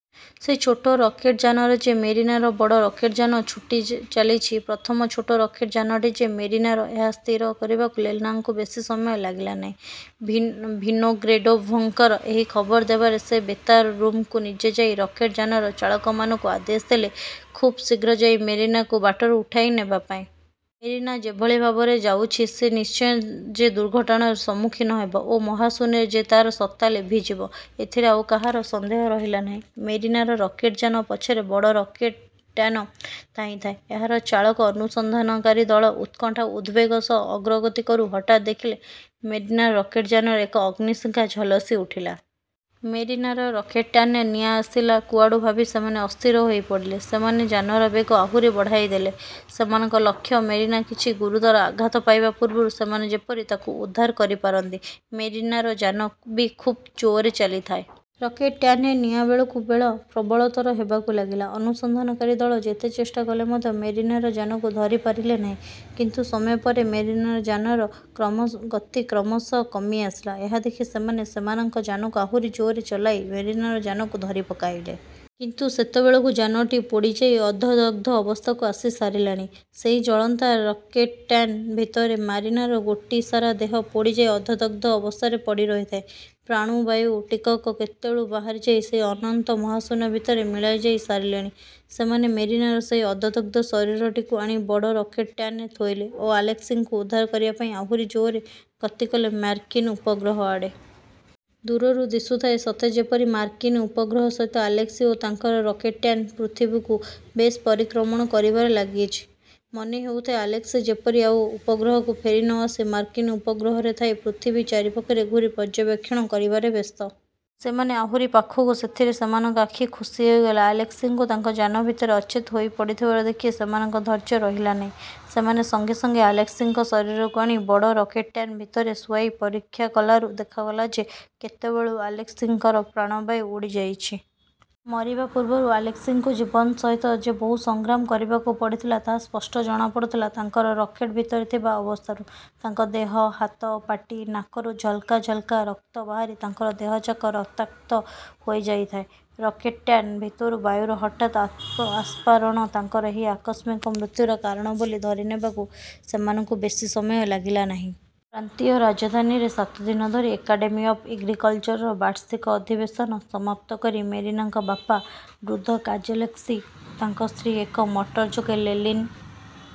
ସେଇ ଛୋଟ ରକେଟ୍ ଯାନର ଯେ ମେରିନାର ବଡ଼ ରକେଟ୍ ଯାନ ଛୁଟିଚାଲିଛି। ପ୍ରଥମ ଛୋଟ ରକେଟ୍ ଯାନଟି ଯେ ମେରିନାର, ଏହା ସ୍ଥିର କରିବାକୁ ଲେନାକୁ ବେଶି ସମୟ ଲାଗିଲା ନାହିଁ। ଭିନୋଗ୍ରେଡ଼ୋଭ୍ଙ୍କୁ ଏହି ଖବର ଦେବାରେ ସେ ବେତାର ରୁମ୍କୁ ନିଜେ ଯାଇ ରକେଟ୍ ଯାନର ଚାଳକମାନଙ୍କୁ ଆଦେଶ ଦେଲେ ଖୁବ୍ଶୀଘ୍ର ଯାଇ ମେରିନାକୁ ବାଟରୁ ଉଠାଇ ନେବାପାଇଁ। ମେରିନା ଯେଭଳି ଭାବରେ ଯାଉଛି, ସେ ନିଶ୍ଚୟ ଯେ ଦୁର୍ଘଟଣାର ସମ୍ମଖୀନ ହେବ ଓ ମହାଶୂନ୍ୟରେ ଯେ ତାର ସତ୍ତା ଲଭିଯିବ, ଏଥିରେ ଆଉ କାହାର ସନ୍ଦେହ ରହିଲା ନାହିଁ। ମେରିନାର ରକେଟଯାନ ପଛରେ ବଡ଼ ରକେଟ୍ଯାନ ଧାଇଁଥାଏ। ଏହାର ଚାଳକ ଅନୁସନ୍ଧାନକାରୀ ଦଳ ଉତ୍କଣ୍ଠା ଓ ଉଦ୍ବେଗ ସହ ଅଗ୍ରଗତି କରୁ ହଠାତ୍ ଦେଖିଲେ ମେରିନାର ରକେଟ୍ ଯାନରେ ଏକ ଅଗ୍ନିଶିଖା ଝଲସି ଉଠିଲା। ମେରିନାର ରକେଟ୍ଯାନରେ ନିଆଁ ଆସିଲା କୁଆଡ଼ୁ ଭାବି ସେମାନେ ଅସ୍ଥିର ହୋଇପଡ଼ିଲେ। ସେମାନେ ଯାନର ବେଗ ଆହୁରି ବଢ଼ାଇ ଦେଲେ। ସେମାନଙ୍କ ଲକ୍ଷ୍ୟ ମେରିନା କିଛି ଗୁରୁତର ଆଘାତ ପାଇବା ପୂର୍ବରୂ ସେମାନେ ଯେପରି ତାକୁ ଉଦ୍ଧାର କରିପାରନ୍ତି। ମେରିନାର ଯାନ ବି ଖୁବ୍ ଜୋର୍ରେ ଚାଲିଥାଏ। ରକେଟ୍ଯାନରେ ନିଆଁ ବେଳକୁ ବେଳ ପ୍ରବଳତର ହେବାକୁ ଲାଗିଲା। ଅନୁସନ୍ଧାନକାରୀ ଦଳ ଯେତେ ଚେଷ୍ଟା କଲେ ମଧ୍ୟ ମେରିନାର ଯାନକୁ ଧରି ପାରିଲେ ନାହିଁ। କିନ୍ତୁ ସମୟପରେ ମେରିନାର ଯାନର ଗତି କ୍ରମଶଃ କମିଆସିଲା। ଏହା ଦେଖି ସେମାନେ ସେମାନଙ୍କ ଯାନକୁ ଆହୁରି ଜୋର୍ରେ ଚଳାଇ ମେରିନାର ଯାନକୁ ଧରିପକାଇଲେ। କିନ୍ତୁ ସେତେବେଳକୁ ଯାନଟି ପୋଡ଼ି ଯାଇ ଅର୍ଦ୍ଧ-ଦଗ୍ଧ ଅବସ୍ଥାକୁ ଆସି ସରିଲାଣି। ସେହି ଜଳନ୍ତା ରକେଟ୍ଯାନ ଭିତରେ ମାରିନାର ଗୋଟି ସାରା ଦେହ ପୋଡ଼ି ଯାଇ ଅର୍ଦ୍ଧ-ଦଗ୍ଧ ଅବସ୍ଥାରେ ପଡ଼ିରହିଥାଏ। ପ୍ରାଣବାୟୁଟିକକ କେତେବେଳୁଁ ବାହାରିଯାଇ ସେହି ଅନନ୍ତ ମହାଶୂନ୍ୟ ଭିତରେ ମିଳାଇଯାଇ ସାରିଲେଣି। ସେମାନେ ମେରିନାର ସେହି ଅର୍ଦ୍ଧଦଗ୍ଧ ଶରୀରଟିକୁ ଆଣି ବଡ଼ ରକେଟ୍ଯାନରେ ଥୋଇଲେ ଏବଂ ଆଲେସ୍କିଙ୍କୁ ଉଦ୍ଧାର କରିବା ପାଇଁ ଆହୁରି ଜୋର୍ରେ ଗତିକଲେ ମାର୍କିନ୍ ଉପଗ୍ରହ ଆଡ଼େ। ଦୂରରୁ ଦିଶୁଥାଏ, ସତେ ଯେପରି ମାର୍କିନ୍ ଉପଗ୍ରହ ସହିତ ଆଲେସ୍କି ଓ ତାଙ୍କର ରକେଟ୍ଯାନ ପୃଥିବୀକୁ ବେଶ୍ ପରିକ୍ରମଣ କରିବାରେ ଲାଗିଛି। ମନେ ହେଉଥାଏ, ଆଲେସ୍କି ଯେପରି ଆଉ ଉପଗ୍ରହକୁ ଫେରି ନ ଆସି ମାର୍କିନ୍ ଉପଗ୍ରହରେ ଥାଇ ପୃଥିବୀ ଚାରିପାଖରେ ଘୂରି ପର୍ଯ୍ୟବେକ୍ଷଣ କରିବାରେ ବ୍ୟସ୍ତ। ସେମାନେ ଆହୁରି ପାଖକୁ ସେଥିରେ ସେମାନଙ୍କ ଆଖି ଖୋସି ହୋଇଗଲା ଆଲେସ୍କିଙ୍କୁ ତାଙ୍କ ଯାନ ଭିତରେ ଅଚେତ ହୋଇପଡ଼ିଥିବାର ଦେଖି ସେମାନଙ୍କ ଧୈର୍ଯ୍ୟ ରହିଲା ନାହିଁ। ସେମାନେ ସଙ୍ଗେ ସଙ୍ଗେ ଆଲେସ୍କିଙ୍କ ଶରୀରକୁ ଆଣି ବଡ଼ ରକେଟ୍ଯାନ ଭିତରେ ଶୁଆଇ ପରୀକ୍ଷାକଲାରୁ ଦେଖାଗଲା ଯେ କେତେବେଳୁଁ ଆଲେସ୍କିଙ୍କର ପ୍ରାଣବାୟୁ ଉଡ଼ିଯାଇଛି। ମରିବା ପୂର୍ବରୁ ଆଲେସ୍କିଙ୍କୁ ଜୀବନ ସହିତ ଯେ ବହୁତ ସଂଗ୍ରାମ କରିବାକୁ ପଡ଼ିଥିଲା, ତାହା ସ୍ପଷ୍ଟ ଜଣାପଡ଼ୁଥିଲା ତାଙ୍କର ରକେଟ୍ଭିତରେ ଥିବା ଅବସ୍ଥାରୁ। ତାଙ୍କ ଦେହ, ହାତ, ପାଟି, ନାକରୁ ଝଲକା ଝଲକା ରକ୍ତ ବାହାରି ତାଙ୍କର ଦେହଯାକ ରକ୍ତାକ୍ତ ହୋଇଯାଇଥାଏ। ରକେଟ୍ଯାନ ଭିତରୁ ବାୟୁର ହଠାତ୍ ଅପ୍ସାରଣ ତାଙ୍କର ଏହି ଆକସ୍ମିକ ମୃତ୍ୟୁର କାରଣ ବୋଲି ଧରିନେବାକୁ ସେମାନଙ୍କୁ ବେଶି ସମୟ ଲାଗିଲା ନାହିଁ। ପ୍ରାନ୍ତୀୟ ରାଜଧାନୀରେ ସାତଦିନ ଧରି ଏକାଡ଼େମୀ ଅଫ୍ ଏଗ୍ରିକଲ୍ଚରର ବାର୍ଷିକ ଅଧିବେଶନ ସମାପ୍ତ କରି ମେରିନାଙ୍କ ବାପା ବୃଦ୍ଧ କୋଜେଲେସ୍କି ଓ ତାଙ୍କ ସ୍ତ୍ରୀ ଏକ ମଟରଯୋଗେ ଲେନିନ୍